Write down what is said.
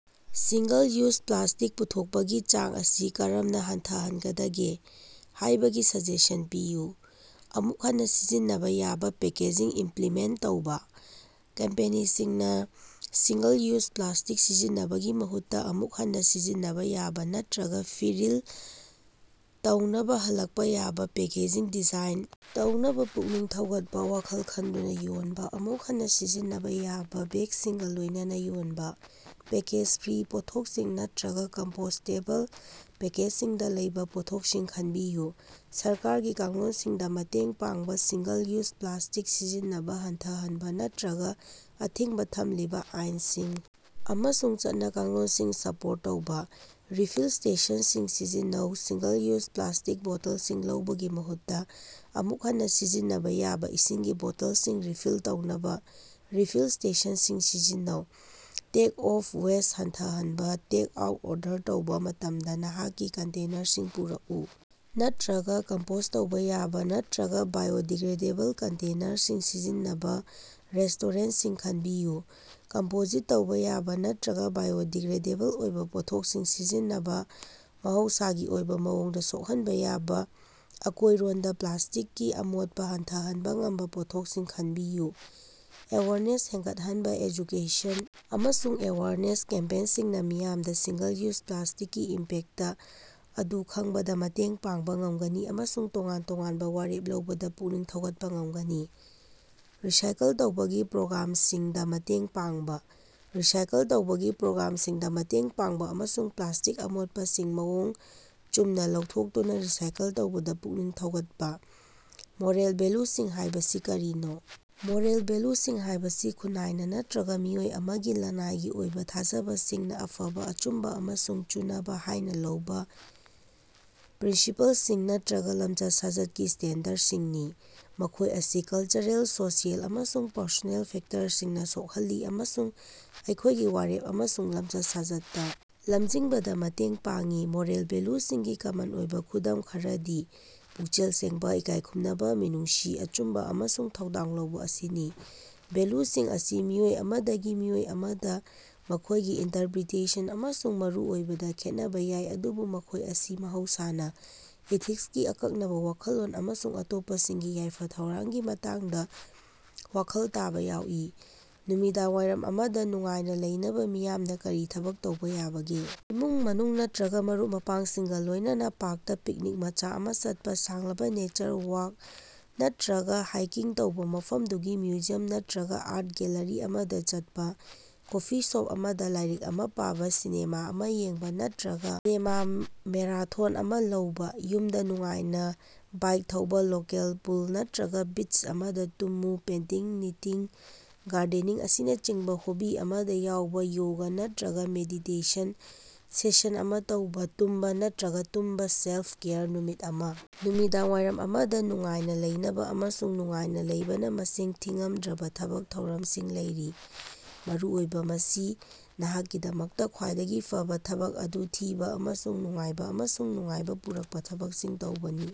Single-use plastic ꯄꯨꯊꯣꯛꯄꯒꯤ ꯆꯥꯡ ꯑꯁꯤ ꯀꯔꯝꯅ ꯍꯟꯊꯍꯟꯒꯗꯒꯦ ꯍꯥꯏꯕꯒꯤ ꯁꯖꯦꯁꯟ ꯄꯤꯌꯨ꯫ ꯑꯃꯨꯛ ꯍꯟꯅ ꯁꯤꯖꯤꯟꯅꯕ ꯌꯥꯕꯥ ꯄꯦꯀꯦꯖꯤꯡ ꯏꯝꯄꯂꯤꯃꯦꯟꯇ ꯇꯧꯕꯥ: ꯀꯝꯄꯦꯅꯤꯁꯤꯡꯅꯥ ꯁꯤꯡꯒꯜ-ꯌꯨꯖ ꯄ꯭ꯂꯥꯁꯇꯤꯛ ꯁꯤꯖꯤꯟꯅꯕꯒꯤ ꯃꯍꯨꯠꯇ ꯑꯃꯨꯛ ꯍꯟꯅ ꯁꯤꯖꯤꯟꯅꯕ ꯌꯥꯕ ꯅꯠꯇꯔꯒ ꯔꯤꯐꯤꯜ ꯇꯧꯅꯕ ꯍꯜꯂꯛꯄ ꯌꯥꯕ ꯄꯦꯀꯦꯖꯤꯡ ꯗꯤꯖꯥꯏꯟ ꯇꯧꯅꯕ ꯄꯨꯛꯅꯤꯡ ꯊꯧꯒꯠꯄ꯫ ꯋꯥꯈꯜ ꯈꯟꯗꯨꯅ ꯌꯣꯟꯕ: ꯑꯃꯨꯛ ꯍꯟꯅꯥ ꯁꯤꯖꯤꯟꯅꯕꯥ ꯌꯥꯕ ꯕꯦꯒꯁꯤꯡꯒꯥ ꯂꯣꯏꯅꯅ ꯌꯣꯟꯕ, ꯄꯦꯀꯦꯖ-ꯐ꯭ꯔꯤ ꯄꯣꯠꯊꯣꯛꯁꯤꯡ ꯅꯠꯇꯔꯒꯥ ꯀꯝꯄꯣꯁꯇꯦꯕꯜ ꯄꯦꯀꯦꯖꯤꯡꯗꯥ ꯂꯩꯕꯥ ꯄꯣꯠꯊꯣꯛꯁꯤꯡ ꯈꯟꯕꯤꯌꯨ꯫ ꯁꯔꯀꯥꯔꯒꯤ ꯀꯥꯡꯂꯣꯟꯁꯤꯡꯗꯥ ꯃꯇꯦꯡ ꯄꯥꯡꯕ: ꯁꯤꯡꯒꯜ-ꯌꯨꯖ ꯄ꯭ꯂꯥꯁꯇꯤꯛ ꯁꯤꯖꯤꯟꯅꯕꯥ ꯍꯟꯊꯍꯟꯕ ꯅꯠꯇꯔꯒꯥ ꯑꯊꯤꯡꯕꯥ ꯊꯝꯂꯤꯕꯥ ꯑꯥꯏꯅꯁꯤꯡ ꯑꯃꯁꯨꯡ ꯆꯠꯅ-ꯀꯥꯡꯂꯣꯟꯁꯤꯡ ꯁꯄꯣꯔꯠ ꯇꯧꯕꯥ꯫ ꯔꯤꯐꯤꯜ ꯁ꯭ꯇꯦꯁꯟꯁꯤꯡ ꯁꯤꯖꯤꯟꯅꯧ: ꯁꯤꯡꯒꯜ-ꯌꯨꯖ ꯄ꯭ꯂꯥꯁꯇꯤꯛ ꯕꯣꯇꯜꯁꯤꯡ ꯂꯧꯕꯒꯤ ꯃꯍꯨꯠꯇꯥ, ꯑꯃꯨꯛ ꯍꯟꯅꯥ ꯁꯤꯖꯤꯟꯅꯕ ꯌꯥꯕ ꯏꯁꯤꯡꯒꯤ ꯕꯣꯇꯜꯁꯤꯡ ꯔꯤꯐꯤꯜ ꯇꯧꯅꯕ ꯔꯤꯐꯤꯜ ꯁ꯭ꯇꯦꯁꯟꯁꯤꯡ ꯁꯤꯖꯤꯟꯅꯧ꯫ ꯇꯦꯛ-ꯑꯣꯐ ꯋꯦꯁꯠ ꯍꯟꯊꯍꯟꯕꯥ: ꯇꯦꯛ-ꯑꯥꯎꯠ ꯑꯣꯔꯗꯔ ꯇꯧꯕꯥ ꯃꯇꯝꯗ ꯅꯍꯥꯛꯀꯤ ꯀꯟꯇꯦꯅꯔꯁꯤꯡ ꯄꯨꯔꯛꯎ ꯅꯠꯇꯔꯒꯥ ꯀꯝꯄꯣꯁꯠ ꯇꯧꯕ ꯌꯥꯕ ꯅꯠꯇꯔꯒꯥ ꯕꯥꯏꯑꯣꯗꯤꯒ꯭ꯔꯦꯗꯦꯕꯜ ꯀꯟꯇꯦꯅꯔꯁꯤꯡ ꯁꯤꯖꯤꯟꯅꯕ ꯔꯦꯁꯇꯣꯔꯦꯟꯇꯁꯤꯡ ꯈꯟꯕꯤꯌꯨ꯫ ꯀꯝꯄꯣꯁꯠ ꯇꯧꯕ ꯌꯥꯕ ꯅꯠꯇꯔꯒꯥ ꯕꯥꯏꯑꯣꯗꯤꯒ꯭ꯔꯦꯗꯦꯕꯜ ꯑꯣꯏꯕ ꯄꯣꯠꯊꯣꯛꯁꯤꯡ ꯁꯤꯖꯤꯟꯅꯕ: ꯃꯍꯧꯁꯥꯒꯤ ꯑꯣꯏꯕ ꯃꯑꯣꯡꯗ ꯁꯣꯛꯍꯟꯕ ꯌꯥꯕ, ꯑꯀꯣꯏꯔꯣꯟꯗ ꯄ꯭ꯂꯥꯁꯇꯤꯛ ꯑꯃꯣꯠꯄꯥ ꯍꯟꯊꯍꯟꯕꯥ ꯉꯝꯕ ꯄꯣꯠꯊꯣꯛꯁꯤꯡ ꯈꯟꯕꯤꯌꯨ꯫ ꯑꯦꯋꯦꯌꯔꯅꯦꯁ ꯍꯦꯟꯒꯠꯍꯟꯕꯥ: ꯑꯦꯖꯨꯀꯦꯁꯟ ꯑꯃꯁꯨꯡ ꯑꯦꯋꯦꯌꯔꯅꯦꯁ ꯀꯦꯝꯄꯦꯟꯁꯤꯡꯅꯥ ꯃꯤꯌꯥꯝꯗꯥ ꯁꯤꯡꯒꯜ-ꯌꯨꯖ ꯄ꯭ꯂꯥꯁꯇꯤꯛꯀꯤ ꯏꯝꯄꯦꯛꯇ ꯑꯗꯨ ꯈꯪꯕꯗ ꯃꯇꯦꯡ ꯄꯥꯡꯕꯥ ꯉꯝꯒꯅꯤ ꯑꯃꯁꯨꯡ ꯇꯣꯉꯥꯟ ꯇꯣꯉꯥꯟꯕ ꯋꯥꯔꯦꯞ ꯂꯧꯕꯗ ꯄꯨꯛꯅꯤꯡ ꯊꯧꯒꯠꯄ ꯉꯝꯒꯅꯤ꯫ ꯔꯤꯁꯥꯏꯀꯜ ꯇꯧꯕꯒꯤ ꯄ꯭ꯔꯣꯒ꯭ꯔꯥꯃꯁꯤꯡꯗꯥ ꯃꯇꯦꯡ ꯄꯥꯡꯕꯥ: ꯔꯤꯁꯥꯏꯀꯜ ꯇꯧꯕꯒꯤ ꯄ꯭ꯔꯣꯒ꯭ꯔꯥꯃꯁꯤꯡꯗꯥ ꯃꯇꯦꯡ ꯄꯥꯡꯕꯥ ꯑꯃꯁꯨꯡ ꯄ꯭ꯂꯥꯁꯇꯤꯛ ꯑꯃꯣꯠꯄꯁꯤꯡ ꯃꯑꯣꯡ ꯆꯨꯝꯅ ꯂꯧꯊꯣꯛꯇꯨꯅꯥ ꯔꯤꯁꯥꯏꯀꯜ ꯇꯧꯕꯗꯥ ꯄꯨꯛꯅꯤꯡ ꯊꯧꯒꯠꯄꯥ꯫ ꯃꯣꯔꯦꯜ ꯚꯦꯜꯌꯨꯁꯤꯡ ꯍꯥꯏꯕꯁꯤ ꯀꯔꯤꯅꯣ? ꯃꯣꯔꯦꯜ ꯚꯦꯜꯌꯨꯁꯤꯡ ꯍꯥꯏꯕꯁꯤ ꯈꯨꯟꯅꯥꯏꯅ ꯅꯠꯇꯔꯒꯥ ꯃꯤꯑꯣꯏ ꯑꯃꯒꯤ ꯂꯅꯥꯏꯒꯤ ꯑꯣꯏꯕ ꯊꯥꯖꯕꯁꯤꯡꯅ ꯑꯐꯕ, ꯑꯆꯨꯝꯕ ꯑꯃꯁꯨꯡ ꯆꯨꯅꯕ ꯍꯥꯏꯅ ꯂꯧꯕ ꯄ꯭ꯔꯤꯟꯁꯤꯄꯜꯁꯤꯡ ꯅꯠꯇꯔꯒꯥ ꯂꯝꯆꯠ-ꯁꯥꯖꯠꯀꯤ ꯁ꯭ꯇꯦꯟꯗꯔꯗꯁꯤꯡꯅꯤ꯫ ꯃꯈꯣꯏ ꯑꯁꯤ ꯀꯂꯆꯔꯦꯜ, ꯁꯣꯁꯤꯑꯦꯜ ꯑꯃꯁꯨꯡ ꯄꯔꯁꯣꯅꯦꯜ ꯐꯦꯛꯇꯔꯁꯤꯡꯅꯥ ꯁꯣꯛꯍꯜꯂꯤ ꯑꯃꯁꯨꯡ ꯑꯩꯈꯣꯏꯒꯤ ꯋꯥꯔꯦꯞ ꯑꯃꯁꯨꯡ ꯂꯝꯆꯠ-ꯁꯥꯖꯠꯇꯥ ꯂꯝꯖꯤꯡꯕꯗꯥ ꯃꯇꯦꯡ ꯄꯥꯡꯏ꯫ ꯃꯣꯔꯦꯜ ꯚꯦꯜꯌꯨꯁꯤꯡꯒꯤ ꯀꯃꯟ ꯑꯣꯏꯕꯥ ꯈꯨꯗꯝ ꯈꯔꯗꯤ ꯄꯨꯛꯆꯦꯜ ꯁꯦꯡꯕꯥ, ꯏꯀꯥꯏ ꯈꯨꯝꯅꯕ, ꯃꯤꯅꯨꯡꯁꯤ, ꯑꯆꯨꯝꯕ ꯑꯃꯁꯨꯡ ꯊꯧꯗꯥꯡ ꯂꯧꯕꯥ ꯑꯁꯤꯅꯤ꯫ ꯚꯦꯜꯌꯨꯁꯤꯡ ꯑꯁꯤ ꯃꯤꯑꯣꯏ ꯑꯃꯗꯒꯤ ꯃꯤꯑꯣꯏ ꯑꯃꯗ ꯃꯈꯣꯏꯒꯤ ꯏꯟꯇꯔꯄꯔꯤꯇꯦꯁꯟ ꯑꯃꯁꯨꯡ ꯃꯔꯨꯑꯣꯏꯕꯗꯥ ꯈꯦꯠꯅꯕ ꯌꯥꯏ, ꯑꯗꯨꯕꯨ ꯃꯈꯣꯏ ꯑꯁꯤ ꯃꯍꯧꯁꯥꯅ ꯏꯊꯤꯛꯁꯀꯤ ꯑꯀꯅꯕꯥ ꯋꯥꯈꯜꯂꯣꯟ ꯑꯃꯁꯨꯡ ꯑꯇꯣꯞꯄꯁꯤꯡꯒꯤ ꯌꯥꯏꯐ-ꯊꯧꯔꯥꯡꯒꯤ ꯃꯇꯥꯡꯗꯥ ꯋꯥꯈꯜ ꯇꯥꯕꯥ ꯌꯥꯎꯏ꯫ ꯅꯨꯃꯤꯗꯥꯡꯋꯥꯏꯔꯝ ꯑꯃꯗꯥ ꯅꯨꯡꯉꯥꯏꯅꯥ ꯂꯩꯅꯕꯥ ꯃꯤꯌꯥꯝꯅꯥ ꯀꯔꯤ ꯊꯕꯛ ꯇꯧꯕꯥ ꯌꯥꯕꯒꯦ? ꯏꯃꯨꯡ ꯃꯅꯨꯡ ꯅꯠꯇꯔꯒꯥ ꯃꯔꯨꯞ ꯃꯄꯥꯡꯁꯤꯡꯒꯥ ꯂꯣꯏꯅꯅ ꯄꯥꯔꯛꯇꯥ ꯄꯤꯛꯅꯤꯛ ꯑꯃꯥ ꯆꯠꯄꯥ ꯁꯥꯡꯂꯕꯥ ꯅꯦꯆꯔ ꯋꯥꯀꯔ ꯅꯠꯇꯔꯒꯥ ꯍꯥꯏꯀꯤꯡ ꯇꯧꯕꯥ ꯃꯐꯝꯗꯨꯒꯤ ꯃ꯭ꯌꯨꯖꯤꯌꯝ ꯅꯠꯇꯔꯒꯥ ꯑꯥꯔꯠ ꯒꯦꯜꯂꯔꯤ ꯑꯃꯗꯥ ꯆꯠꯄꯥ ꯀꯣꯐꯤ ꯁꯣꯞ ꯑꯃꯗꯥ ꯂꯥꯏꯔꯤꯛ ꯑꯃꯥ ꯄꯥꯕꯥ ꯁꯤꯅꯦꯃꯥ ꯑꯃꯥ ꯌꯦꯡꯕꯥ ꯅꯠꯇꯔꯒꯥ ꯁꯤꯅꯦꯃꯥ ꯃꯦꯔꯥꯊꯣꯟ ꯑꯃꯥ ꯂꯧꯕꯥ꯫ ꯌꯨꯃꯗꯥ ꯅꯨꯡꯉꯥꯏꯅꯥ ꯕꯥꯏꯛ ꯊꯧꯕꯥ ꯂꯣꯀꯦꯜ ꯄꯨꯜ ꯅꯠꯇꯔꯒꯥ ꯕꯤꯆ ꯑꯃꯗꯥ ꯇꯨꯝꯃꯨ ꯄꯦꯟꯇꯤꯡ, ꯅꯤꯇꯤꯡ, ꯒꯥꯔꯗꯦꯅꯤꯡ ꯑꯁꯤꯅꯆꯤꯡꯕꯥ ꯍꯣꯕꯤ ꯑꯃꯗꯥ ꯌꯥꯎꯕꯥ ꯌꯣꯒ ꯅꯠꯇꯔꯒꯥ ꯃꯦꯗꯤꯇꯦꯁꯟ ꯁꯦꯁꯟ ꯑꯃꯥ ꯇꯧꯕꯥ ꯇꯨꯝꯕꯥ ꯅꯠꯇꯔꯒꯥ ꯇꯨꯝꯕꯥ꯫ ꯁꯦꯜꯐ-ꯀꯦꯌꯔ ꯅꯨꯃꯤꯠ ꯑꯃꯥ꯫ ꯅꯨꯃꯤꯗꯥꯡꯋꯥꯏꯔꯝ ꯑꯃꯗꯥ ꯅꯨꯡꯉꯥꯏꯅꯥ ꯂꯩꯅꯕꯥ ꯑꯃꯁꯨꯡ ꯅꯨꯡꯉꯥꯏꯅꯥ ꯂꯩꯅꯕꯥ ꯃꯁꯤꯡ ꯊꯤꯡꯃꯗ꯭ꯔꯕꯥ ꯊꯕꯛ ꯊꯧꯔꯝꯁꯤꯡ ꯂꯩꯔꯤ꯫ ꯃꯔꯨꯑꯣꯏꯕꯥ ꯑꯁꯤ ꯅꯍꯥꯛꯀꯤꯗꯃꯛꯇꯥ ꯈ꯭ꯋꯥꯏꯗꯒꯤ ꯐꯕꯥ ꯊꯕꯛ ꯑꯗꯨ ꯊꯤꯕ ꯑꯃꯁꯨꯡ ꯅꯨꯡꯉꯥꯏꯕꯥ ꯑꯃꯁꯨꯡ ꯅꯨꯡꯉꯥꯏꯕꯥ ꯄꯨꯔꯛꯄꯥ ꯊꯕꯛꯁꯤꯡ ꯇꯧꯕꯅꯤ꯫